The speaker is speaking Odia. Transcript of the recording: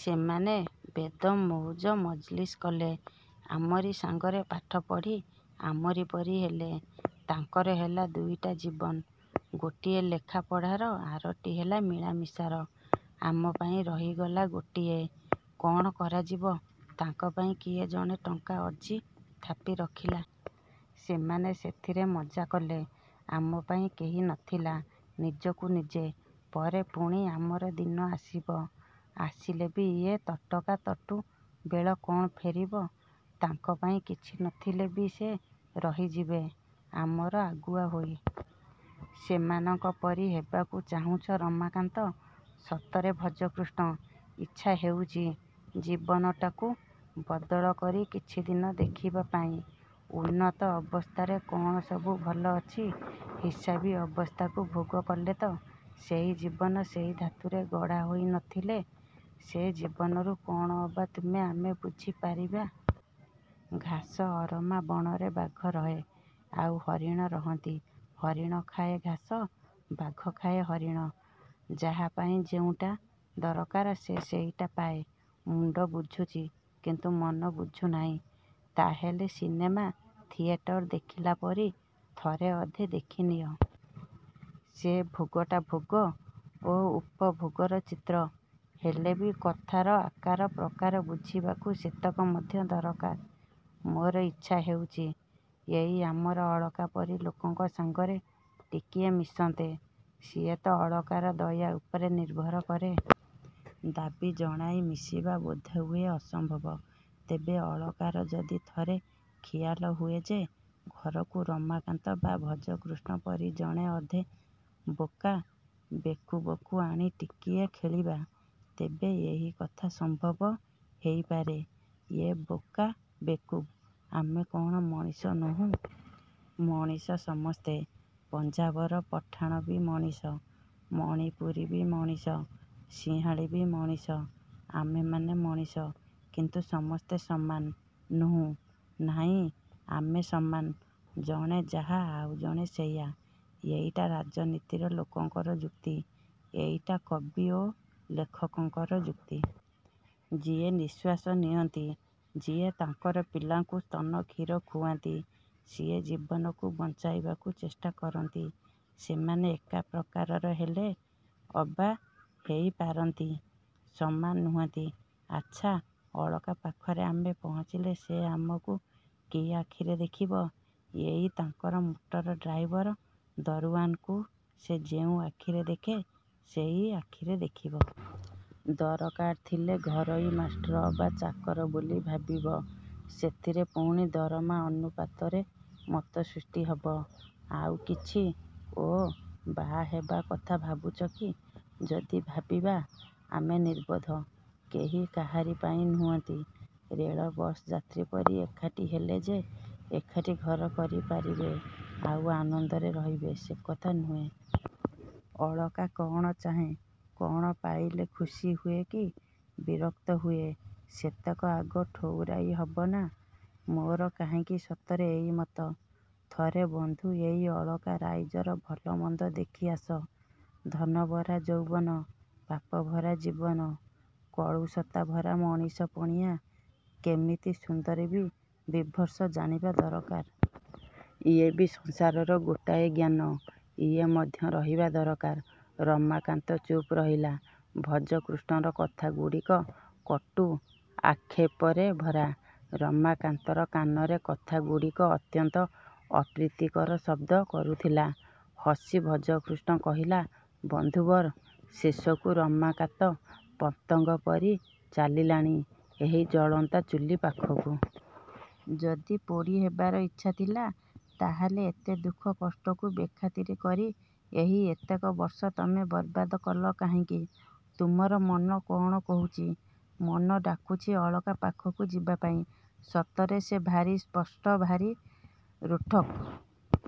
ସେମାନେ ବେଦମ ମଉଜମଜଲିସ କଲେ। ଆମରି ସାଙ୍ଗରେ ପାଠ ପଢ଼ି ଆମରି ପରି ହେଲେ। ତାଙ୍କର ହେଲା ଦୁଇଟା ଜୀବନ-ଗୋଟିଏ ଲେଖାପଢ଼ାର, ଆରଟି ହେଲା ମିଳାମିଶାର। ଆମ ପାଇଁ ରହିଗଲା ଗୋଟିଏ। -କ'ଣ କରାଯିବ? ତାଙ୍କ ପାଇଁ କିଏ ଜଣେ ଟଙ୍କା ଅର୍ଜି ଥାପି ରଖିଲା। ସେମାନେ ସେଥିରେ ମଜ୍ଜା କଲେ। ଆମ ପାଇଁ କେହି ନ ଥିଲା-ନିଜକୁ ନିଜେ। ପରେ ପୁଣି ଆମର ଦିନ ଆସିବ। -ଆସିଲେ ବି ଏଇ ତଟକା ତଟୁ ବେଳ କ'ଣ ଫେରିବ? ତାଙ୍କ ପାଇଁ କିଛି ନ ଥିଲେ ବି ସେ ରହିଯିବେ ଆମର ଆଗୁଆ ହୋଇ। -ସେମାନଙ୍କ ପରି ହେବାକୁ ଚାହୁଁଛ ରମାକାନ୍ତ? -ସତରେ ଭଜକୃଷ୍ଣ। ଇଚ୍ଛା ହେଉଛି ଜୀବନଟାକୁ ବଦଳ କରି କିଛି ଦିନ ଦେଖିବା ପାଇଁ-। ଉନ୍ନତ୍ତ ଅବସ୍ଥାରେ କ'ଣ ସବୁ ଭଲ ଅଛି? ହିସାବୀ ଅବସ୍ଥାକୁ ଭୋଗ କଲେ ତ-ସେଇ ଜୀବନ-? -ସେଇ ଧାତୁରେ ଗଢ଼ା ହୋଇ ନ ଥିଲେ ସେ ଜୀବନରୁ କ'ଣ ଅବା ତୁମେ ଆମେ ବୁଝିପାରିବା? ଘାସ ଅରମା ବଣରେ ବାଘ ରହେ, ଆଉ ହରିଣ ରହନ୍ତି। ହରିଣ ଖାଏ ଘାସ-ବାଘ ଖାଏ ହରିଣ। ଯାହା ପାଇଁ ଯେଉଁଟା ଦରକାର ସେ ସେଇଟା ପାଏ। -ମୁଣ୍ଡ ବୁଝୁଛି; କିନ୍ତୁ ମନ ବୁଝୁ ନାହିଁ। -ତାହାହେଲେ ସିନେମା ଥିଏଟର ଦେଖିଲା ପରି ଥରେ ଅଧେ ଦେଖି ନିଅ। ସେ ଭୋଗଟା ଭୋଗ ଓ ଉପଭୋଗର ଚିତ୍ର। ହେଲେ ବି କଥାର ଆକାର ପ୍ରକାର ବୁଝିବାକୁ ସେତକ ମଧ୍ୟ ଦରକାର। -ମୋର ଇଚ୍ଛା ହେଉଛି ଏଇ ଆମର ଅଳକା ପରି ଲୋକଙ୍କ ସାଙ୍ଗରେ ଟିକିଏ ମିଶନ୍ତେ-। -ସିଏ ତ ଅଳକାର ଦୟା ଉପରେ ନିର୍ଭର କରେ। ଦାବୀ ଜଣାଇ ମିଶିବା ବୋଧହୁଏ ଅସମ୍ଭବ। ତେବେ ଅଳକାର ଯଦି ଥରେ ଖିଆଲ ହୁଏ ଯେ, ଘରକୁ ରମାକାନ୍ତ ବା ଭଜକୃଷ୍ଣ ପରି ଜଣେ ଅଧେ ବୋକା ବେକୁବଙ୍କୁ ଆଣି ଟିକିଏ ଖେଳିବା-ତେବେ ଏଇ କଥା ସମ୍ଭବ ହେଇପାରେ। -ଏଁ, ବୋକା ବେକୁବ୍? -ଆମେ କ'ଣ ମଣିଷ ନୋହୁଁ? -ମଣିଷ ସମସ୍ତେ। ପଞ୍ଜାବର ପଠାଣ ବି ମଣିଷ, ମଣିପୁରୀ ବି ମଣିଷ, ସିଂହଳୀ ବି ମଣିଷ। ଆମେମାନେ ମଣିଷ; କିନ୍ତୁ ସମସ୍ତେ ସମାନ ନୋହୁଁ। -ନାହିଁ, ଆମେ ସମାନ। ଜଣେ ଯାହା-ଆଉ ଜଣେ ସେଇଆ। -ଏଇଟା ରାଜନୀତିର ଲୋକଙ୍କର ଯୁକ୍ତି। ଏଇଟା କବି ଓ ଲେଖକଙ୍କର ଯୁକ୍ତି। ଯିଏ ନିଶ୍ୱାସ ନିଅନ୍ତି, ଯିଏ ତାଙ୍କର ପିଲାଙ୍କୁ ସ୍ତନକ୍ଷୀର ଖୁଆନ୍ତି, ଯିଏ ଜୀବନକୁ ବଞ୍ଚାଇବାକୁ ଚେଷ୍ଟା କରନ୍ତି। ସେମାନେ ଏକା ପ୍ରକାରର ହେଲେ ଅବା ହେଇ ପାରନ୍ତି, ସମାନ ନୁହଁନ୍ତି। -ଆଚ୍ଛା, ଅଳକା ପାଖରେ ଆମେ ପହଞ୍ଚିଲେ ସେ ଆମକୁ କି ଆଖିରେ ଦେଖିବ? -ଏଇ ତାଙ୍କର ମଟର ଡ୍ରାଇଭର, ଦରଓ୍ୱାନକୁ ସେ ଯେଉଁ ଆଖିରେ ଦେଖେ ସେଇ ଆଖିରେ ଦେଖିବ। ଦରକାର ଥିଲେ ଘରୋଇ ମାଷ୍ଟ୍ର ଅବା ଚାକର ବୋଲି ଭାବିବ।। ସେଥିରେ ପୁଣି ଦରମା ଅନୁପାତରେ ମତ ସୃଷ୍ଟି ହବ। -ଆଉ କିଛି? -ଓ, ବାହା ହେବା କଥା ଭାବୁଛ କି? -ଯଦି ଭାବିବା। -ଆମେ ନିର୍ବୋଧ। କେହି କାହାରି ପାଇଁ ନୁହଁନ୍ତି। ରେଳ ବସ୍ର ଯାତ୍ରୀ ପରି ଏକାଠି ହେଲେ ଯେ ଏକାଠି ଘର କରିପାରିବେ ଆଉ ଆନନ୍ଦରେ ରହିବେ ସେ କଥା ନୁହେଁ। ଅଳକା କ'ଣ ଚାହେଁ, କ'ଣ ପାଇଲେ ଖୁସି ହୁଏ କି ବିରକ୍ତ ହୁଏ ସେତକ ଆଗ ଠଉରାଇ ହବନାଁ? -ମୋର କାହିଁକି ସତରେ ଏଇ ମତ। -ଥରେ ବନ୍ଧୁ ଏଇ ଅଳକା ରାଇଜର ଭଲମନ୍ଦ ଦେଖି ଆସ-ଧନଭରା ଯୌବନ, ପାପଭରା ଜୀବନ, କଳୁଷତା-ଭରା ମଣିଷ-ପଣିଆ-। କେମିତି ସୁନ୍ଦର କି ବୀଭତ୍ସ ଜାଣିବା ଦରକାର। ଇଏ ବି ସଂସାରର ଗୋଟାଏ ଜ୍ଞାନ। ଇଏ ମଧ୍ୟ ରହିବା ଦରକାର। ରମାକାନ୍ତ ଚୁପ୍ ରହିଲା-ଭଜକୃଷ୍ଣର କଥାଗୁଡ଼ିକ କଟୁ ଆକ୍ଷେପରେ ଭରା। ରମାକାନ୍ତର କାନରେ କଥାଗୁଡ଼ିକ ଅତ୍ୟନ୍ତ ଅପ୍ରୀତିକର ଶବ୍ଦ କରୁଥିଲା। ହସି ଭଜକୃଷ୍ଣ କହିଲା-ବନ୍ଧୁବର! ଶେଷକୁ ରମାକାନ୍ତ ପତଙ୍ଗ ପରି ଚାଲିଲାଣି ଏହି ଜଳନ୍ତା ଚୁଲି ପାଖକୁ। ଯଦି ପୋଡ଼ି ହେବାର ଇଚ୍ଛା ଥିଲା ତାହାହେଲେ ଏତେ ଦୁଃଖ କଷ୍ଟକୁ ବେଖାତିର କରି ଏହି ଏତକ ବର୍ଷ ତମେ ବରବାଦ କଲ କାହିଁକି? ତୁମର ମନ କ'ଣ କହୁଛି? -ମନ ଡାକୁଛି ଅଳକା ପାଖକୁ ଯିବା ପାଇଁ। ସତରେ ସେ ଭାରି ସ୍ପଷ୍ଟ-ଭାରି ରୋକ୍ଠୋକ୍।